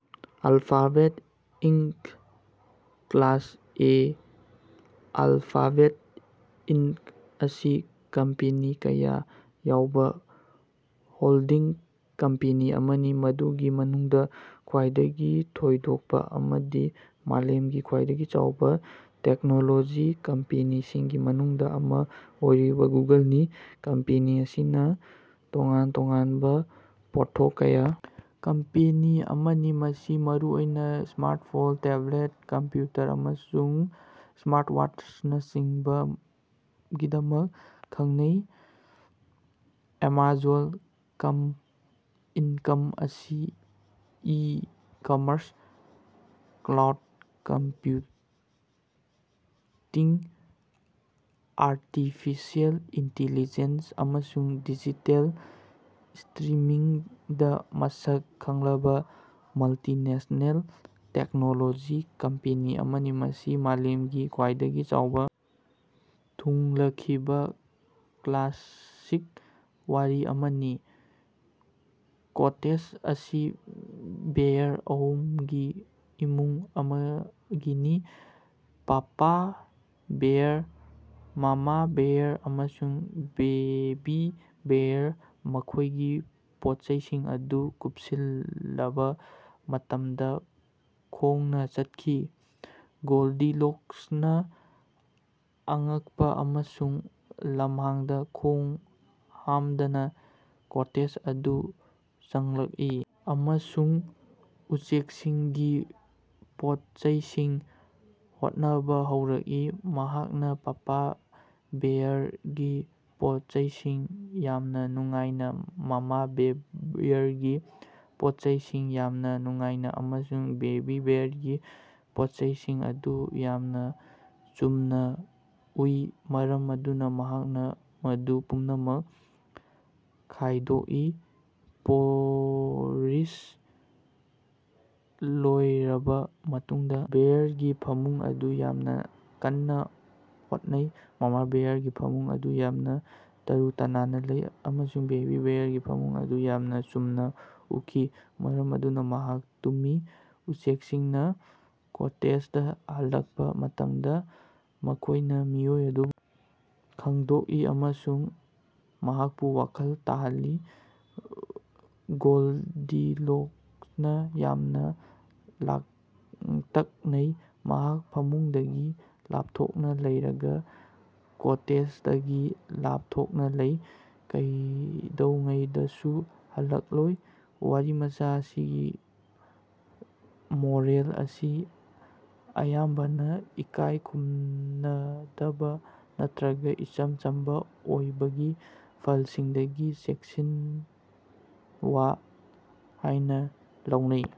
Alphabet in class A alphabet in ꯑꯁꯤ company ꯀꯌꯥ ꯌꯥꯎꯕ ꯍꯣꯜꯗꯤꯡ ꯀꯝꯄꯦꯅꯤ ꯑꯃꯅꯤ, ꯃꯗꯨꯒꯤ ꯃꯅꯨꯡꯗ ꯈ꯭ꯋꯥꯏꯗꯒꯤ ꯊꯣꯏꯗꯣꯛꯄꯥ ꯑꯃꯗꯤ ꯃꯥꯂꯦꯝꯒꯤ ꯈ꯭ꯋꯥꯏꯗꯒꯤ ꯆꯥꯎꯕ ꯇꯦꯛꯅꯣꯂꯣꯖꯤ ꯀꯝꯄꯦꯅꯤꯁꯤꯡꯒꯤ ꯃꯅꯨꯡꯗ ꯑꯃꯥ ꯑꯣꯏꯔꯤꯕꯥ ꯒꯨꯒꯜꯅꯤ꯫ ꯀꯝꯄꯦꯅꯤ ꯑꯁꯤꯅ ꯇꯣꯉꯥꯟ ꯇꯣꯉꯥꯟꯕ ꯄꯣꯠꯊꯣꯛ ꯀꯌꯥ ꯀꯝꯄꯦꯅꯤ ꯑꯃꯅꯤ꯫ ꯃꯁꯤ ꯃꯔꯨꯑꯣꯏꯅ ꯁ꯭ꯃꯥꯔꯠꯐꯣꯟ, ꯇꯦꯕꯜ, ꯀꯝꯄꯌꯨꯇꯔ, ꯑꯃꯁꯨꯡ ꯁ꯭ꯃꯥꯔꯠꯋꯥꯆꯁꯤꯡꯒꯤꯗꯃꯛ ꯈꯪꯅꯩ꯫ ꯑꯦꯃꯥꯖꯣꯟ ꯀꯝ ꯏꯟꯀꯝ ꯑꯁꯤ e-commerce, cloud computing, artificial intelligence ꯑꯃꯁꯨꯡ ꯗꯤꯖꯤꯇꯦꯜ ꯁ꯭ꯇꯔꯤꯃꯤꯡꯗ ꯃꯁꯛ ꯈꯪꯂꯕ ꯃꯜꯇꯤꯅꯦꯁ꯭ꯅꯦꯜ ꯇꯦꯛꯅꯣꯂꯣꯖꯤ ꯀꯝꯄꯦꯅꯤ ꯑꯃꯅꯤ꯫ ꯃꯁꯤ ꯃꯥꯂꯦꯝꯒꯤ ꯈ꯭ꯋꯥꯏꯗꯒꯤ ꯆꯥꯎꯕ ꯊꯨꯡꯂꯈꯤꯕ ꯀ꯭ꯂꯥꯁꯤꯛ ꯋꯥꯔꯤ ꯑꯃꯅꯤ꯫ ꯀꯣꯇꯦꯖ ꯑꯁꯤ ꯕꯦꯌꯥꯔ ꯑꯍꯨꯝꯒꯤ ꯏꯃꯨꯡ ꯑꯃꯒꯤꯅꯤ ꯄꯥꯄꯥ ꯕꯦꯌꯥꯔ, ꯃꯥꯃꯥ ꯕꯦꯌꯥꯔ, ꯑꯃꯁꯨꯡ ꯕꯦꯕꯤ ꯕꯦꯌꯥꯔ ꯃꯈꯣꯏꯒꯤ ꯄꯣꯠꯆꯩꯁꯤꯡ ꯑꯗꯨ ꯀꯨꯞꯁꯤꯜꯂꯕꯥ ꯃꯇꯝꯗꯥ ꯈꯣꯡꯅꯥ ꯆꯠꯈꯤ꯫ ꯒꯣꯜꯗꯤꯂꯣꯛꯁꯅꯥ ꯑꯉꯛꯄꯥ ꯑꯃꯁꯨꯡ ꯂꯝꯍꯥꯡꯗ ꯈꯣꯡ ꯍꯥꯝꯗꯅꯥ ꯀꯣꯇꯦꯖ ꯑꯗꯨ ꯆꯪꯂꯛꯏ ꯑꯃꯁꯨꯡ ꯎꯆꯦꯛꯁꯤꯡꯒꯤ ꯄꯣꯠꯆꯩꯁꯤꯡ ꯍꯣꯠꯅꯕꯥ ꯍꯧꯔꯛꯏ꯫ ꯃꯍꯥꯛꯅ ꯄꯥꯄꯥ ꯕꯦꯌꯥꯔꯒꯤ ꯄꯣꯠꯆꯩꯁꯤꯡ ꯌꯥꯝꯅꯥ ꯅꯨꯡꯉꯥꯏꯅꯥ, ꯃꯥꯃꯥ ꯕꯦꯌꯥꯔꯒꯤ ꯄꯣꯠꯆꯩꯁꯤꯡ ꯌꯥꯝꯅꯥ ꯅꯨꯡꯉꯥꯏꯅꯥ, ꯑꯃꯁꯨꯡ ꯕꯦꯕꯤ ꯕꯦꯌꯥꯔꯒꯤ ꯄꯣꯠꯆꯩꯁꯤꯡ ꯑꯗꯨ ꯌꯥꯝꯅ ꯆꯨꯝꯅꯥ ꯎꯏ, ꯃꯔꯝ ꯑꯗꯨꯅ ꯃꯍꯥꯛꯅ ꯃꯗꯨ ꯄꯨꯝꯅꯃꯛ ꯈꯥꯏꯗꯣꯛꯏ꯫ ꯄꯣꯔꯤꯖ ꯂꯣꯏꯔꯕ ꯃꯇꯨꯡꯗ ꯕꯦꯌꯥꯔꯒꯤ ꯐꯃꯨꯡ ꯑꯗꯨ ꯌꯥꯝꯅꯥ ꯀꯟꯅꯥ ꯍꯣꯠꯅꯩ, ꯃꯥꯃꯥ ꯕꯦꯌꯥꯔꯒꯤ ꯐꯃꯨꯡ ꯑꯗꯨ ꯌꯥꯝꯅ ꯇꯔꯨ ꯇꯅꯥꯟꯅꯥ ꯂꯩ, ꯑꯃꯁꯨꯡ ꯕꯦꯕꯤ ꯕꯦꯌꯥꯔꯒꯤ ꯐꯃꯨꯡ ꯑꯗꯨ ꯌꯥꯝꯅꯥ ꯆꯨꯝꯅꯥ ꯎꯈꯤ, ꯃꯔꯝ ꯑꯗꯨꯅ ꯃꯍꯥꯛ ꯇꯨꯝꯃꯤ꯫ ꯎꯆꯦꯛꯁꯤꯡꯅꯥ ꯀꯣꯇꯦꯖꯗ ꯍꯜꯂꯛꯄꯥ ꯃꯇꯝꯗ ꯃꯈꯣꯏꯅ ꯃꯤꯑꯣꯏ ꯑꯗꯨꯕꯨ ꯈꯪꯗꯣꯛꯏ ꯑꯃꯁꯨꯡ ꯃꯍꯥꯛꯄꯨ ꯋꯥꯈꯜ ꯇꯥꯍꯜꯂꯤ꯫ ꯒꯣꯜꯗꯤꯂꯣꯛꯁꯅꯥ ꯌꯥꯝꯅ ꯂꯥꯡꯇꯛꯅꯩ, ꯃꯍꯥꯛ ꯐꯃꯨꯡꯗꯒꯤ ꯂꯥꯞꯊꯣꯛꯅ ꯂꯩꯔꯒ ꯀꯣꯇꯦꯖꯗꯒꯤ ꯂꯥꯞꯊꯣꯛꯅꯥ ꯂꯩ, ꯀꯩꯗꯧꯉꯩꯗꯁꯨ ꯍꯜꯂꯛꯂꯣꯏ꯫ ꯋꯥꯔꯤꯃꯆꯥ ꯑꯁꯤꯒꯤ ꯃꯣꯔꯦꯜ ꯑꯁꯤ ꯑꯌꯥꯝꯕꯅꯥ ꯏꯀꯥꯏ ꯈꯨꯝꯅꯗꯕꯥ ꯅꯠꯇꯔꯒ ꯏꯆꯝ ꯆꯝꯕ ꯑꯣꯏꯕꯒꯤ ꯐꯜꯁꯤꯡꯗꯒꯤ ꯆꯦꯛꯁꯤꯟꯋꯥ ꯍꯥꯏꯅ ꯂꯧꯅꯩ꯫